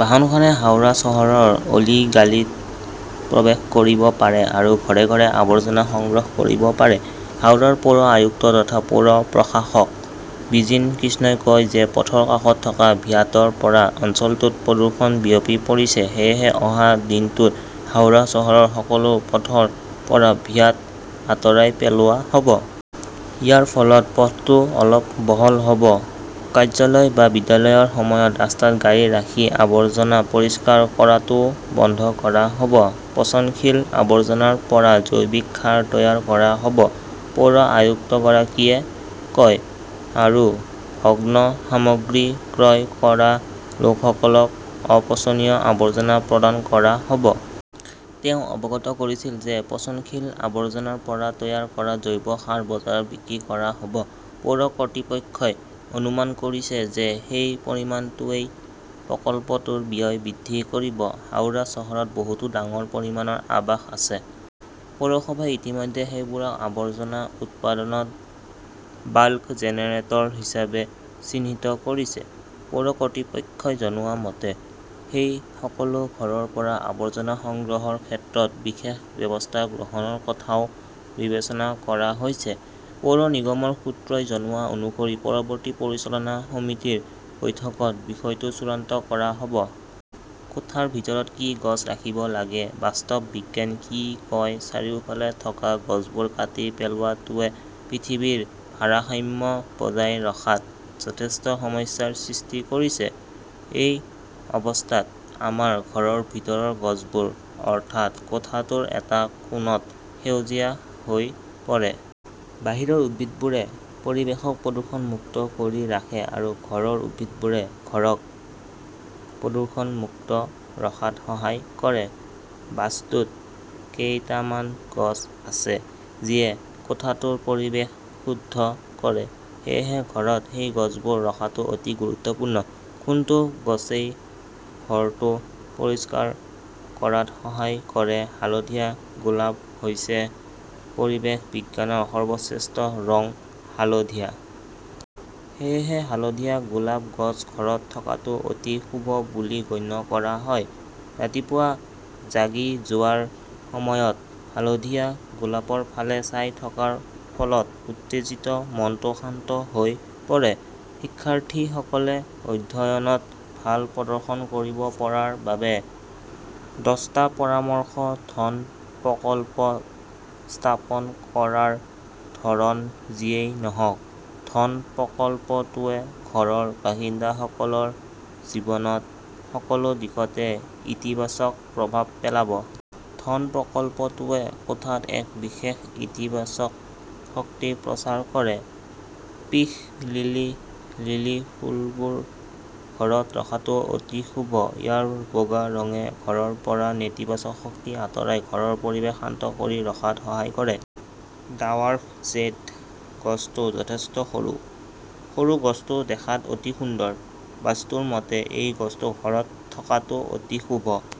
বাহনখনে হাওৰা চহৰৰ অলিগালিত প্ৰৱেশ কৰিব পাৰে আৰু ঘৰ-ঘৰে আৱৰ্জনা সংগ্ৰহ কৰিব পাৰে। হাওড়াৰ পৌৰ আয়ুক্ত তথা পৌৰ প্ৰশাসক বিজিন কৃষ্ণই কয় যে পথৰ কাষত থকা ভ্যাটৰ পৰা অঞ্চলটোত প্ৰদূষণ বিয়পি পৰিছে। সেয়েহে অহা দিনটোত হাওৰা চহৰৰ সকলো পথৰ পৰা ভ্যাট আঁতৰাই পেলোৱা হ'ব। ইয়াৰ ফলত পথটো অলপ বহল হ'ব। কাৰ্যালয় বা বিদ্যালয়ৰ সময়ত ৰাস্তাত গাড়ী ৰাখি আৱৰ্জনা পৰিষ্কাৰ কৰাটোও বন্ধ কৰা হ'ব। পচনশীল আৱৰ্জনাৰ পৰা জৈৱিক সাৰ তৈয়াৰ কৰা হ'ব, পৌৰ আয়ুক্তগৰাকীয়ে কয়। আৰু ভগ্ন সামগ্ৰী ক্ৰয় কৰা লোকসকলক অপচনীয় আৱৰ্জনা প্ৰদান কৰা হ'ব। তেওঁ অৱগত কৰিছিল যে পচনশীল আৱৰ্জনাৰ পৰা তৈয়াৰ কৰা জৈৱ সাৰ বজাৰত বিক্ৰী কৰা হ'ব। পৌৰ কৰ্তৃপক্ষই অনুমান কৰিছে যে সেই পৰিমাণটোৱেই প্ৰকল্পটোৰ ব্যয় বৃদ্ধি কৰিব। হাওৰা চহৰত বহুতো ডাঙৰ পৰিমাণৰ আৱাস আছে। পৌৰসভাই ইতিমধ্যে সেইবোৰক আৱৰ্জনা উৎপাদনত বাল্ক জেনেৰেটৰ হিচাপে চিহ্নিত কৰিছে। পৌৰ কৰ্তৃপক্ষই জনোৱা মতে, সেই সকলো ঘৰৰ পৰা আৱৰ্জনা সংগ্ৰহৰ ক্ষেত্ৰত বিশেষ ব্যৱস্থা গ্ৰহণৰ কথাও বিবেচনা কৰা হৈছে। পৌৰ নিগমৰ সূত্ৰই জনোৱা অনুসৰি পৰৱৰ্তী পৰিচালনা সমিতিৰ বৈঠকত বিষয়টো চূড়ান্ত কৰা হ'ব। কোঠাৰ ভিতৰত কি গছ ৰাখিব লাগে, বাস্তৱ বিজ্ঞান কি কয় চাৰিওফালে থকা গছবোৰ কাটি পেলোৱাটোৱে পৃথিৱীৰ ভাৰসাম্য বজাই ৰখাত যথেষ্ট সমস্যাৰ সৃষ্টি কৰিছে। এই অৱস্থাত, আমাৰ ঘৰৰ ভিতৰৰ গছবোৰ, অৰ্থাৎ কোঠাটোৰ এটা কোণত সেউজীয়া হৈ পৰে। বাহিৰৰ উদ্ভিদবোৰে পৰিৱেশক প্ৰদূষণ মুক্ত কৰি ৰাখে আৰু ঘৰৰ উদ্ভিদবোৰে ঘৰক প্ৰদূষণ মুক্ত ৰখাত সহায় কৰে। বাস্তুত কেইটামান গছ আছে, যিয়ে কোঠাটোৰ পৰিৱেশ শুদ্ধ কৰে। সেয়েহে ঘৰত সেই গছবোৰ ৰখাটো অতি গুৰুত্বপূৰ্ণ। কোনটো গছই ঘৰটো পৰিষ্কাৰ কৰাত সহায় কৰে হালধীয়া গোলাপ হৈছে পৰিৱেশ বিজ্ঞানৰ সৰ্বশ্ৰেষ্ঠ ৰং হালধীয়া। সেয়েহে হালধীয়া গোলাপ গছ ঘৰত থকাটো অতি শুভ বুলি গণ্য কৰা হয়। ৰাতিপুৱা জাগি যোৱাৰ সময়ত হালধীয়া গোলাপৰ ফালে চাই থকাৰ ফলত উত্তেজিত মনটো শান্ত হৈ পৰে। শিক্ষাৰ্থীসকলে অধ্যয়নত ভাল প্ৰদৰ্শন কৰিব পৰাৰ বাবে দচটা পৰামৰ্শ ধন প্ৰকল্প স্থাপন কৰাৰ ধৰণ যিয়েই নহওক, ধন প্ৰকল্পটোৱে ঘৰৰ বাসিন্দাসকলৰ জীৱনত সকলো দিশতে ইতিবাচক প্ৰভাৱ পেলাব। ধন প্ৰকল্পটোৱে কোঠাত এক বিশেষ ইতিবাচক শক্তি প্ৰচাৰ কৰে। পিস লিলি - লিলি ফুলবোৰ ঘৰত ৰখাটো অতি শুভ। ইয়াৰ বগা ৰঙে ঘৰৰ পৰা নেতিবাচক শক্তি আঁতৰাই ঘৰৰ পৰিৱেশ শান্ত কৰি ৰখাত সহায় কৰে। ডাৱাৰ্ফ জেড গছটো যথেষ্ট সৰু। সৰু গছটো দেখাত অতি সুন্দৰ। বাস্তুৰ মতে এই গছটো ঘৰত থকাটো অতি শুভ।